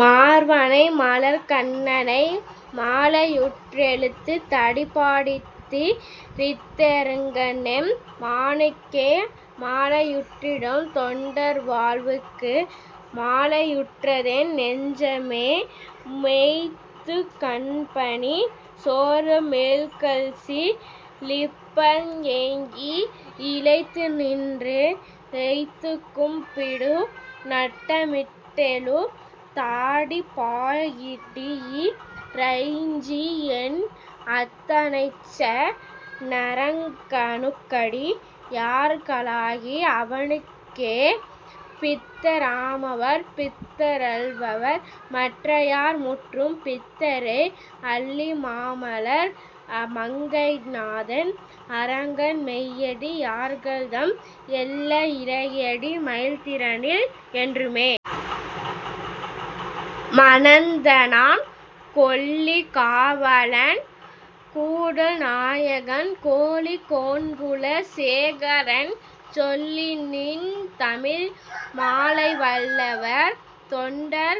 மார்வனைமலர்க் கண்ணனை மாலையுற்றெழுந் தடிப்பாடித்தி ரிந்தரங்கனெம் மானுக்கே மாலையுற்றிடும் தொண்டர்வாழ்வுக்கு மாலையுற்றதென் நெஞ்சமே மொய்த்துக்கண்பனி சோரமெய்கள்சி லிர்ப்பஏங்கி யிளைத்துநின்று எய்த்துக்கும்பிடு நட்டமிட்டெழுந் தாடிப்பாடியி றைஞ்சி, என் அத்தனச்ச னரங்கனுக்கடி யார்களாகி அவனுக்கே பித்தராமவர் பித்தரல்லர்கள் மற்றையார்முற்றும் பித்தரே அல்லிமாமலர் மங்கைநாதன் அரங்கன்மெய்யடி யார்கள்தம் எல்லையிலடி மைத்திறத்தினில் என்றுமேவு மனத்தனாம் கொல்லிகாவலன் கூடல்நாயகன் கோழிக்கோன்குல சேகரன் சொல்லினின்தமிழ் மாலைவல்லவர் தொண்டர்தொண்டர்க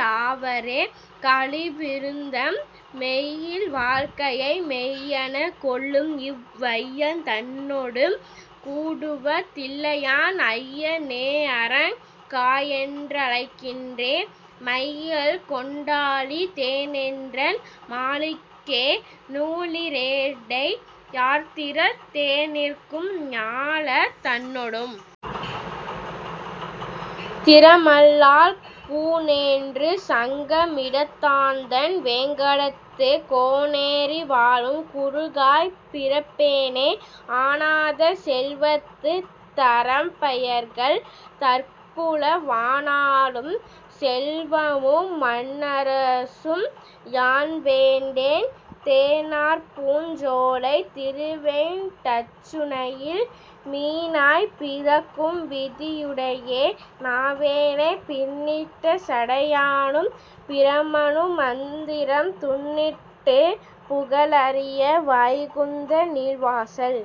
ளாவரே கலி விருத்தம் மெய்யில் வாழ்க்கையை மெய்யெனக் கொள்ளும்இவ் வையந் தன்னொடும் கூடுவ தில்லையான் ஐய னேஅரங் காஎன்ற ழைக்கின்றேன் மையல் கொண்டாழிந் தேனென்றன் மாலுக்கே நூலி னேரிடை யார்திறத் தேநிற்கும் ஞாலந் தன்னொடும் திறமல்லால் கூனேறு சங்க மிடத்தான்தன் வேங்கடத்து கோனேரி வாழும் குருகாய்ப் பிறப்பேனே ஆனாத செல்வத் தரம்பையர்கள் தற்குழ வானாளும் செல்வமும் மண்ணரசும் யான்வேண்டேன் தேனார்பூஞ் சோலைத் திருவேங்க டச்சுனையில் மீனாய்ப் பிறக்கும் விதியுடையே னாவேனே பின்னிட்ட சடையானும் பிரமனு மந்திரனும் துன்னிட்டு புகலரிய வைகுந்த நீள்வாசல்